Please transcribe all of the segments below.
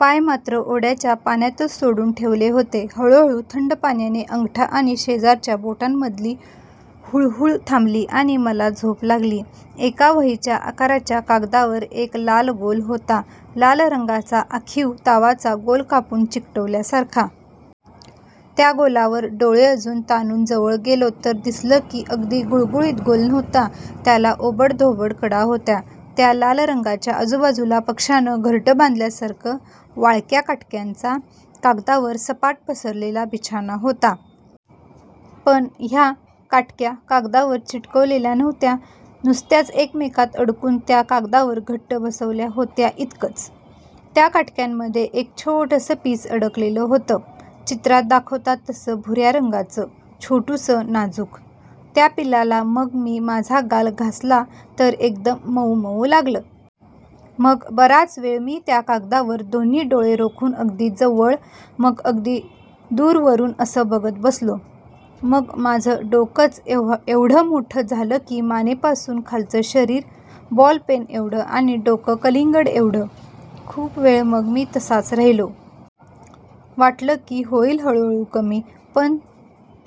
पाय मात्र ओढ्याच्या पाण्यातच सोडून ठेवले होते. हळुहळु थंड पाण्याने अंगठा आणि शेजारच्या बोटाच्यामधली हुळहुळ थांबली आणि मला झोप लागली. एका वहीच्या आकाराच्या कागदावर एक लाल गोल होता. लाल रंगाचा आखीव तावाचा गोल कापून चिकटवल्यासारखा. त्या गोलावर डोळे अजून ताणून जवळ गेलो तर दिसलं की तो अगदी गुळगुळीत गोल नव्हता. त्याला ओबडधोबड कडा होत्या. त्या लाल रंगाच्या आजूबाजूला पक्ष्यानं घरटं बांधल्यासारखं वाळक्या काटक्यांचा कागदावर सपाट पसरलेला बिछाना होता. पण ह्या काटक्या कागदावर चिकटवल्या नव्हत्या. नुसत्याच एकमेकात अडकून त्या कागदावर घट्ट बसल्या होत्या इतकंच. त्या काटक्यांमध्ये एक छोटसं पीस अडकलेलं होता. चित्रात दाखवतात तसं भुर्या रंगाचं, छोटूसं, नाजूक. त्या पिसाला मग मी माझा गाल घासला तर एकदम मउ मउ लागलं. मग बराच वेळ मी त्या कागदावर दोन्ही डोळे रोखून अगदी जवळ, मग अगदी दूरवरुन असं बघत बसलो. मग माझं डोकंच एव्हडं मोठं झालं की मानेपासून खालचं शरीर बॉलपेनाएव्हडं आणि डोकं कलिंगडाएव्हडं. खूप वेळ मग मी तसाच राहिलो. वाटलं की होइल हळुहळु कमी. पण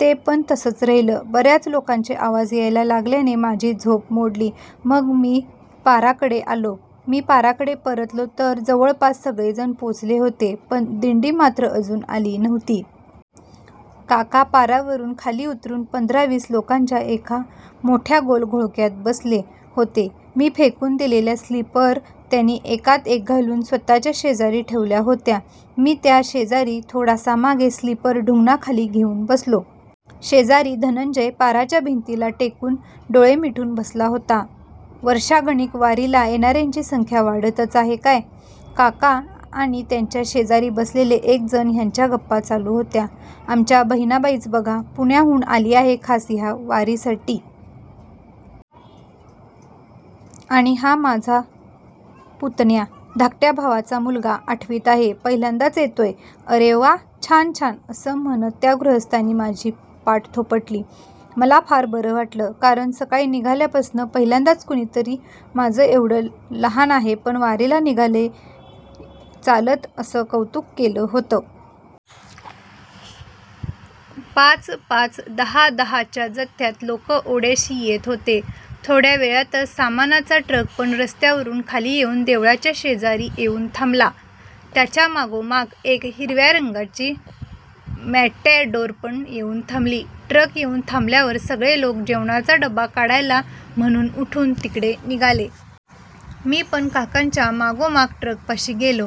ते पण तसच राहिलं. बर्याच लोकांचे आवाज यायला लागल्याने माझी झोप मोडली. मग मी पाराकडे आलो. मी पाराकडे परतलो तर जवळपास सगळेजण पोचले होते. पण दिंडी मात्र अजून आली नव्हती. काका पारावरुन खाली उतरुन पंधरा-वीस लोकांच्या एका मोठ्या गोल घोळक्यात बसले होते. मी फेकून दिलेल्या स्लीपर त्यांनी एकात एक घालून स्वतःच्या शेजारी ठेवलेल्या होत्या. मी त्यांच्या शेजारी, थोडासा मागे, स्लीपर ढुंगणाखाली घेउन बसलो. शेजारी धनंजय पाराच्या भिंतीला पाठ टेकवून, डोळे मिटून बसला होता. वर्षागणिक वारीला येणार्यांची संख्या वाढतीच आहे, काय! काका आणि त्यांच्या शेजारी बसलेले एक जण ह्यांच्यात गप्पा चालू होत्या. आमच्या बहिणाबाईच बघा. पुण्याहून आली आहे खास ह्यावर्षी वारीसाठी. आणि हा पुतण्या माझा, धाकट्या भावाचा मुलगा. आठवीत आहे. पहिल्यांदाच येतोय. अरे वा. छान छान. असं म्हणत त्यां गृहस्थांनी माझी पाठ थोपटली. मला फार बरं वाटलं. कारण सकाळी निघाल्यापासनं पहिल्यांदाच कुणीतरी माझं एव्हडा लहान आहे, पण वारीला निघालाय चालत असं कौतुक केलं होतं. पाच-पाच, दहा-दहाच्या जथ्थ्यात लोकं ओढ्याशी येत होते. थोड्याच वेळात सामानाचा ट्रक पण रस्त्यावरुन खाली येउन देवळाच्या शेजारी येउन थांबला. त्याच्यामागोमाग एक हिरव्या रंगाची मेटॅडोरपण येउन थांबली. ट्रक येउन थांबल्यावर सगळे लोक जेवणाचा डबा काढायला म्हणुन उठुन तिकडे निघाले. मी पण काकांच्या मागेमागे ट्रकपाशी गेलो.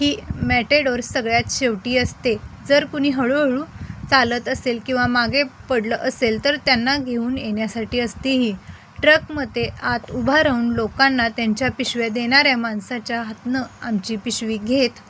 ही मेटॅडोर सगळ्यात शेवटी असते. जर कुणी हळुहळु चालत असेल किंवा मागे पडलं असेल, तर त्यांना घेउन येण्यासाठी असते ही, ट्रकमध्ये आत उभा राहून लोकांना त्यांच्या पिशव्या देणार्या माणसाच्या हातनं आमची पिशवी घेत